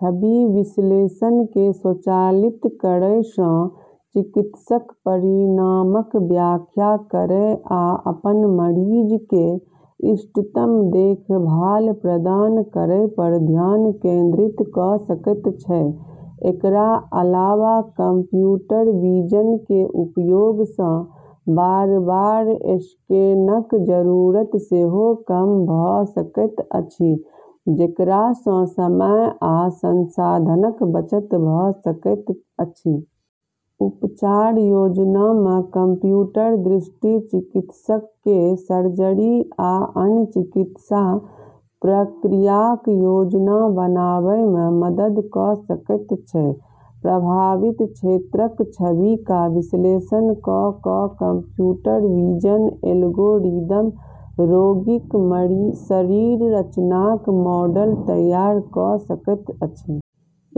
छवि विश्लेषणकेँ स्वचालित करैसँ चिकित्सक परिणामक व्याख्या करै आ अपन मरीजकेँ इष्टतम देखभाल प्रदान करैपर ध्यान केंद्रित कऽ सकैत छै। एकरा अलावा कंप्यूटर विजन के उपयोगसँ बार-बार स्कैनक जरूरत सेहो कम भऽ सकैत अछि, जेकरासँ समय आ संसाधनक बचत भऽ सकैत अछि। उपचार योजनामे कंप्यूटर दृष्टि चिकित्सककेँ सर्जरी आ अन्य चिकित्सा प्रक्रियाक योजना बनाबैमे मदद कऽ सकैत छै। प्रभावित क्षेत्रक छविका विश्लेषण कऽ कऽ कंप्यूटर विजन एल्गोरिदम रोगीक शरीर रचनाक मॉडल तैयार कऽ सकैत अछि।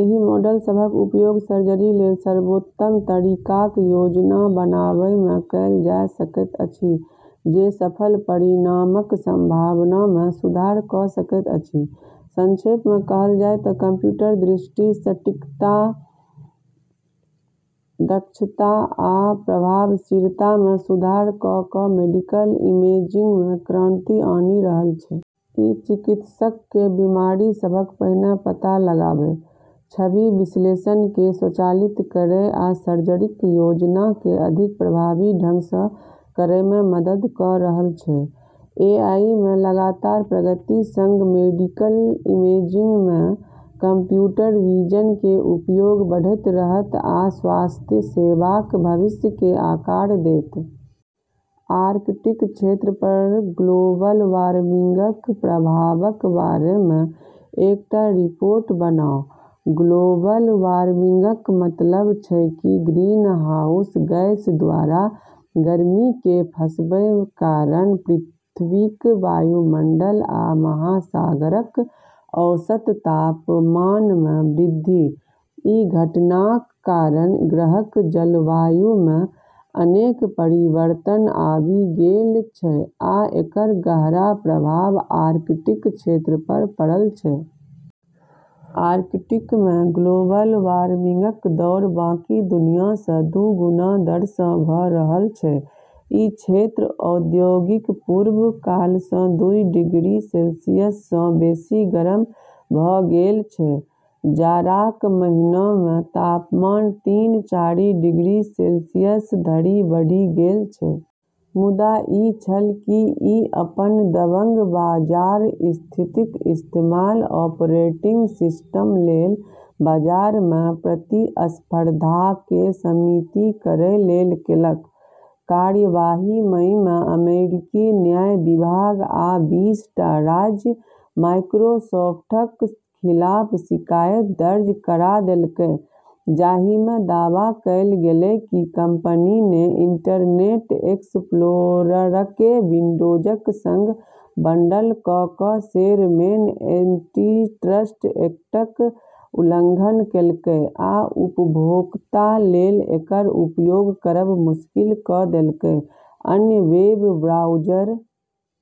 एहि मॉडल सभक उपयोग सर्जरीलेल सर्वोत्तम तरीकाक योजना बनाबैमे कएल जा सकैत अछि, जे सफल परिणामक संभावनामे सुधार कऽ सकैत अछि। संक्षेपमे कहल जाय तँ कंप्यूटर दृष्टि सटीकता, दक्षता आ प्रभावशीलतामे सुधार कऽ कऽ मेडिकल इमेजिंगमे क्रांति आनि रहल छै। ई चिकित्सककेँ बीमारी सभक पहिने पता लगाबै, छवि विश्लेषणकेँ स्वचालित करै, आ सर्जरीक योजनाकेँ अधिक प्रभावी ढंगसँ करैमे मदद कऽ रहल छै। एआईमे लगातार प्रगति संग मेडिकल इमेजिंगमे कंप्यूटर विजन के उपयोग बढ़ैत रहत आ स्वास्थ्य सेवाक भविष्यकेँ आकार देत। आर्कटिक क्षेत्रपर ग्लोबल वार्मिंगक प्रभावक बारेमे एकटा रिपोर्ट बनाउ। ग्लोबल वार्मिंगक मतलब छै कि ग्रीनहाउस गैसद्वारा गर्मीकेँ फँसबै कारण पृथ्वीक वायुमंडल आ महासागरक औसत तापमानमे वृद्धि। ई घटनाक कारण ग्रहक जलवायुमे अनेक परिवर्तन आबि गेल छै आ एकर गहरा प्रभाव आर्कटिक क्षेत्रपर पड़ल छै। आर्कटिकमे ग्लोबल वार्मिंगक दौर बाकी दुनियासँ दू गुना दरसँ भऽ रहल छै। ई क्षेत्र औद्योगिक पूर्व कालसँ दुई डिग्री सेल्सियससँ बेसी गरम भऽ गेल छै, जाड़ाक महीनामे तापमान तीन चारि डिग्री सेल्सियसधरि बढ़ि गेल छै। मुद्दा ई छल कि ई अपन दबंग बाजार स्थितिक इस्तेमाल ऑपरेटिंग सिस्टमलेल बाजारमे प्रतिस्पर्धाकेँ सीमित करैलेल केलक। कार्यवाही मईमे अमेरिकी न्याय विभाग आ बीस टा राज्य माइक्रोसॉफ्टक खिलाफ शिकायत दर्ज करा देलकै, जाहिमे दावा कएल गेलै कि कंपनीने इंटरनेट एक्सप्लोररकेँ विंडोजक संग बंडल कऽ कऽ शेरमेन एंटीट्रस्ट एक्टक उल्लंघन केलकै आ उपभोक्तालेल एकर उपयोग करब मुश्किल कऽ देलकै अन्य वेब ब्राउज़र।